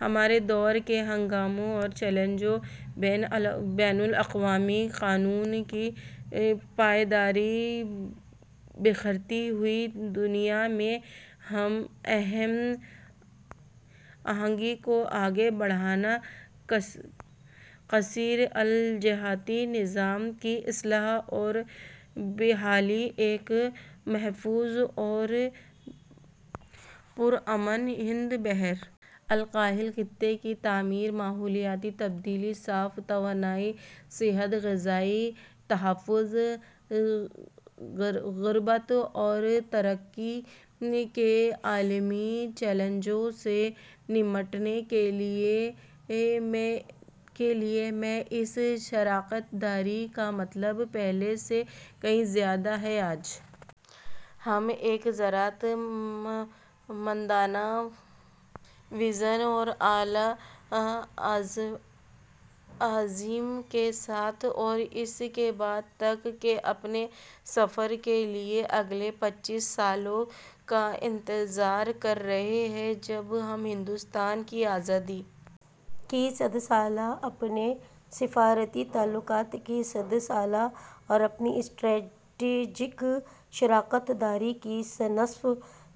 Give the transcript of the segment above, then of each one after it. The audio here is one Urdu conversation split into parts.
ہمارے دور کے ہنگاموں اور چیلنجوں بین الاقوامی قانون کی پاسداری بکھرتی ہوئی دنیا میں ہم آہنگی کو آگے بڑھانا کثیر الجہتی نظام کی اصلاح اور بحالی ایک محفوظ اور پرامن ہند بحر الکاہل خطے کی تعمیر ماحولیاتی تبدیلی صاف توانائی صحت غذائی تحفظ غربت اور ترقی کے عالمی چیلنجوں سے نمٹنے کے لیے میں اس شراکت داری کا مطلب پہلے سے کہیں زیادہ ہے آج ہم ایک جرات مندانہ وژن اور اعلی عزائم کے ساتھ اور اس کے بعد تک کے اپنے سفر کے لیے اگلے پچیس سالوں کا انتظار کر رہے ہیں جب ہم ہندوستان کی آزادی کی صد سالہ اپنے سفارتی تعلقات کی صد سالہ اور اپنی اسٹریٹجک شراکت داری کی نصف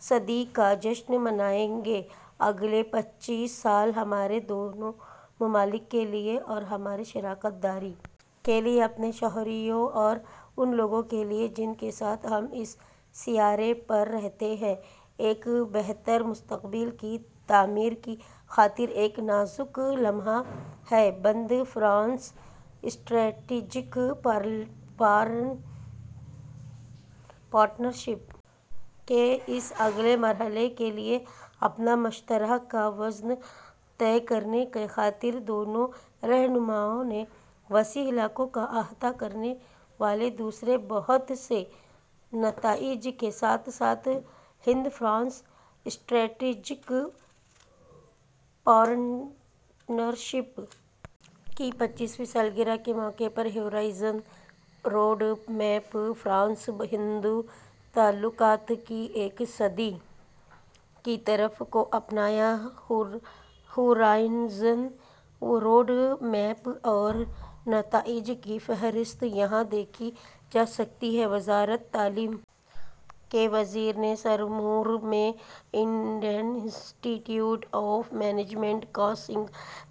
صدی کا جشن منائیں گے اگلے پچیس سال ہمارے دونوں ممالک کے لیے اور ہماری شراکت داری کے لیے اپنے شہریوں اور ان لوگوں کے لیے جن کے ساتھ ہم اس سیارے پر رہتے ہیں ایک بہتر مستقبل کی تعمیر کی خاطر ایک نازک لمحہ ہیں ہند فرانس اسٹریٹجک پارٹنرشپ کے اس اگلے مرحلے کے لیے اپنا مشترکہ وژن طے کرنے کی خاطر دونوں رہنماؤں نے وسیع علاقوں کا احاطہ کرنے والے دوسرے بہت سے نتائج کے ساتھ ساتھ ہند فرانس اسٹریٹجک پارٹنرشپ کی پچیسویں سالگرہ کے موقع پر horizon road map France Hind تعلقات کی ایک صدی کی طرف کو اپنایا ہورائزن روڈ میپ اور نتائج کی فہرست یہاں دیکھی جا سکتی ہے وزارت تعلیم کے وزیر نے سرمور میں Indian institute of management کا سنگ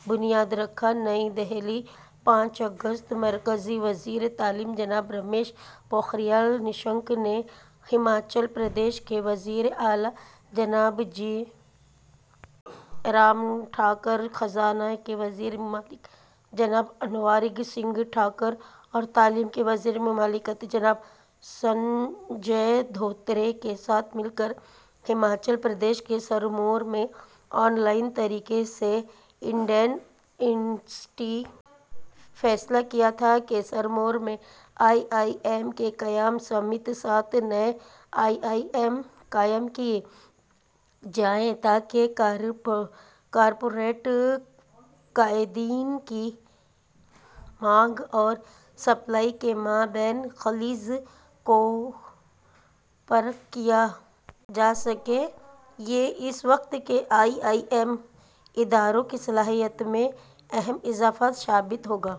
بنیاد رکھا نئی دہلی پانچ اگست مرکزی وزیر تعلیم جناب رمیش پوکھریال نشنک نے ہماچل پردیش کے وزیر اعلیٰ جناب جے رام ٹھاکر خزانہ کے وزیر مملکت جناب انوراگ سنگھ ٹھاکر اور تعلیم کے وزیر مملکت جناب سنجے دھوترے کے ساتھ مل کر ہماچل پردیش کے سرمور میں آن لائن طریقے سے انڈین انسٹی فیصلہ کیا تھا کہ سرمور میں آئی آئی ایم کے قیام سمیت سات نئے آئی آئی ایم قائم کیے جائیں تاکہ کارپوریٹ قائدین کی مانگ اور سپلائی کے مابین خلیج کو پر کیا جا سکے یہ اس وقت کے آئی آئی ایم اداروں کی صلاحیت میں اہم اضافہ ثابت ہوگا